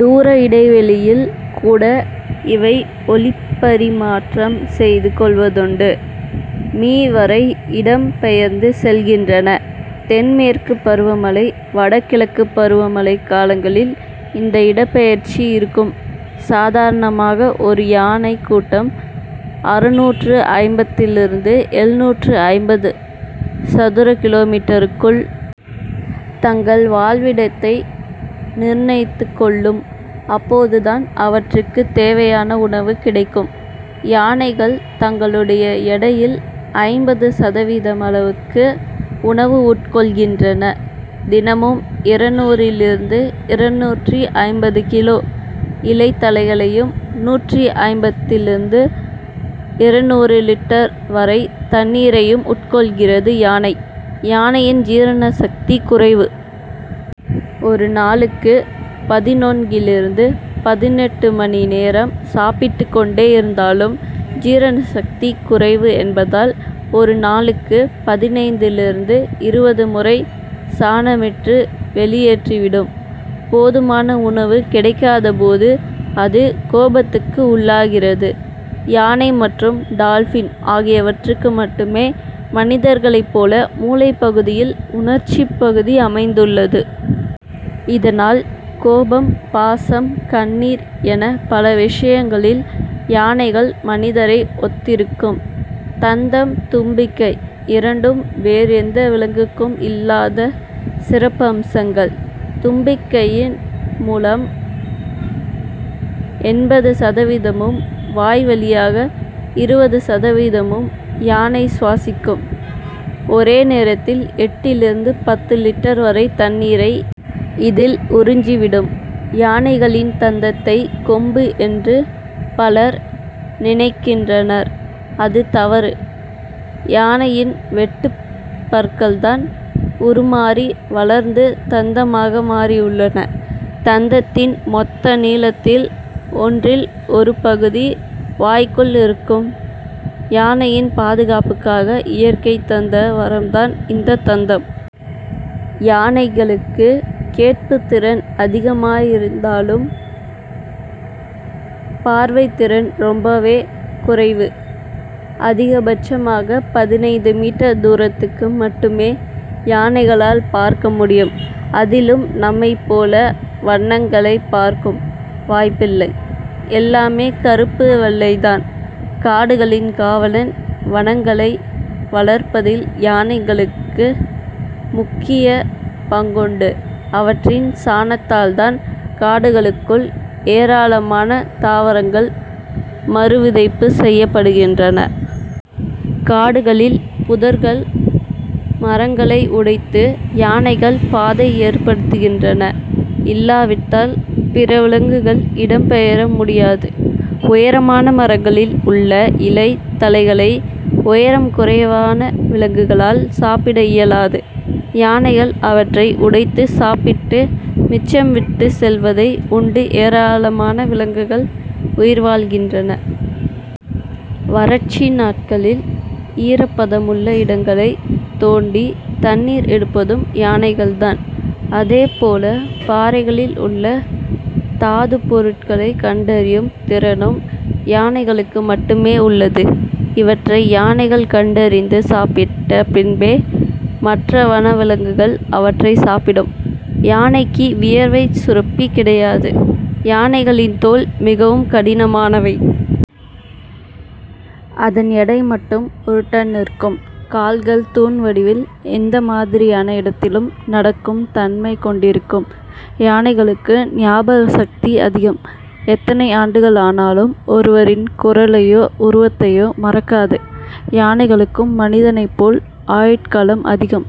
தூர இடைவெளியில் கூட இவை ஒலிப்பரிமாற்றம் செய்து கொள்வதுண்டு. மீ. வரை இடம் பெயர்ந்து செல்கின்றன. தென் மேற்குப் பருவமழை வட கிழக்குப் பருவமழைக் காலங்களில் இந்த இடப் பெயர்ச்சி இருக்கும். சாதாரணமாக ஒரு யானைக் கூட்டம் அறுநூற்று ஐம்பதிலிருந்து எழுநூற்று ஐம்பது சதுர கிலோமீட்டருக்குள். தங்கள் வாழ்விடத்தை நிர்ணயித்துக்கொள்ளும். அப்போதுதான் அவற்றுக்குத்தேவையான உணவு கிடைக்கும். யானைகள் தங்களுடைய எடையில் ஐந்து சதவீதம் அளவுக்கு உணவு உட்கொள்கின்றன. தினமும் இருநூறிலிருந்து இருநூற்று ஐம்பது கிலோ. இலை தழைகளையும் நூற்று ஐம்பதிலிருந்து இருநூறு லிட்டர்.வரை தண்ணீரையும் உட்கொள்கிறது யானை. யானையின் ஜீரண சக்தி குறைவு. ஒரு நாளுக்கு பதினான்கிலிருந்து பதினெட்டு மணி நேரம். சாப்பிட்டுக்கொண்டே இருந்தாலும் ஜீரண சக்தி குறைவு என்பதால் ஒரு நாளுக்கு பதினைந்திலிருந்து இருபது முறை சாணமிட்டு. வெளியேற்றிவிடும். போதுமான உணவு கிடைக்காத போது அது கோபத்துக்கு உள்ளாகிறது. யானை மற்றும் டால்பின் ஆகியவற்றுக்கு மட்டுமே மனிதர்களைப் போல மூளைப்பகுதியில் உணர்ச்சிப் பகுதி அமைந்துள்ளது. இதனால் கோபம், பாசம், கண்ணீர் என பல விஷயங்களில் யானைகள் மனிதரை ஒத்திருக்கும். தந்தம் தும்பிக்கை இரண்டும் வேறு எந்த விலங்குக்கும் இல்லாத சிறப்பம்சங்கள் தும்பிக்கையின் மூலம் எண்பது சதவீதமும், வாய் வழியாக இருபது சதவீதமும். யானை சுவாசிக்கும். ஒரே நேரத்தில் எட்டிலிருந்து பத்து லிட்டர் வரை தண்ணீரை. இதில் உறிஞ்சி விடும். யானைகளின் தந்தத்தை கொம்பு என்று பலர் நினைக்கின்றனர் அது தவறு. யானையின் வெட்டுப் பற்கள்தான் உருமாறி வளர்ந்து தந்தமாக மாறியுள்ளன. தந்தத்தின் மொத்த நீளத்தில் மூன்றில் ஒரு பகுதி வாய்க்குள் இருக்கும். யானையின் பாதுகாப்புக்காக இயற்கை தந்த வரம்தான் இந்த தந்தம். யானைகளுக்கு கேட்புத் திறன் அதிகமாயிருந்தாலும் பார்வைத்திறன் ரொம்பவே குறைவு. அதிகபட்சமாக பதினைந்து மீட்டர் தூரத்துக்கு. மட்டுமே யானைகளால் பார்க்க முடியும். அதிலும் நம்மைப் போல வண்ணங்களைப் பார்க்கும் வாய்ப்பில்லை. எல்லாமே கறுப்பு வெள்ளைதான். காடுகளின் காவலன் வனங்களை வளர்ப்பதில் யானைகளுக்கு முக்கியப் பங்குண்டு. அவற்றின் சாணத்தால்தான் காடுகளுக்குள் ஏராளமான தாவரங்கள் மறு விதைப்பு செய்யப்படுகின்றன. காடுகளில் புதர்கள் மரங்களை உடைத்து யானைகள் பாதை ஏற்படுத்துகின்றன. இல்லாவிட்டால் பிற விலங்குகள் இடம் பெயர முடியாது. உயரமான மரங்களில் உள்ள இலை தழைகளை உயரம் குறைவான விலங்குகளால் சாப்பிட இயலாது. யானைகள் அவற்றை உடைத்துச் சாப்பிட்டு மிச்சம் விட்டுச் செல்வதை உண்டு ஏராளமான விலங்குகள் உயிர் வாழ்கின்றன. வறட்சி நாட்களில் ஈரப்பதமுள்ள இடங்களைத் தோண்டி தண்ணீர் எடுப்பதும் யானைகள்தான். அதேபோல பாறைகளில் உள்ள தாதுப் பொருட்களை கண்டறியும் திறனும் யானைகளுக்கு மட்டுமே உள்ளது. இவற்றை யானைகள் கண்டறிந்து, சாப்பிட்ட பின்பே, மற்ற வன விலங்குகள் அவற்றைச் சாப்பிடும். யானைக்கு வியர்வைச் சுரப்பி கிடையாது. யானைகளின் தோல் மிகவும் கடினமானவை. அதன் எடை மட்டும் ஒரு டன் இருக்கும். கால்கள் தூண் வடிவில் எந்த மாதிரியான இடத்திலும் நடக்கும் தன்மை கொண்டிருக்கும். யானைகளுக்கு ஞாபக சக்தி அதிகம். எத்தனை ஆண்டுகள் ஆனாலும் ஒருவரின் குரலையோ, உருவத்தையோ மறக்காது. யானைகளுக்கும் மனிதனைப்போல் ஆயுட்காலம் அதிகம்.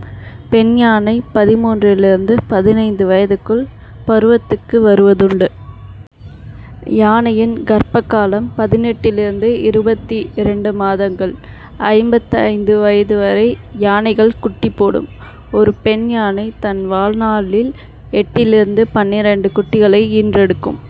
பெண் யானை பதின்மூன்றிலிருந்து பதினைந்து வயதுக்குள் பருவத்துக்கு வருவதுண்டு. யானையின் கர்ப்ப காலம் பதினெட்டிலிருந்து இருபத்தி இரண்டு மாதங்கள். ஐம்பத்து ஐந்து வயது வரை. யானைகள் குட்டி போடும். ஒரு பெண் யானை தன் வாழ் நாளில்எட்டிலிருந்து பன்னிரண்டு குட்டிகளை ஈன்றெடுக்கும்.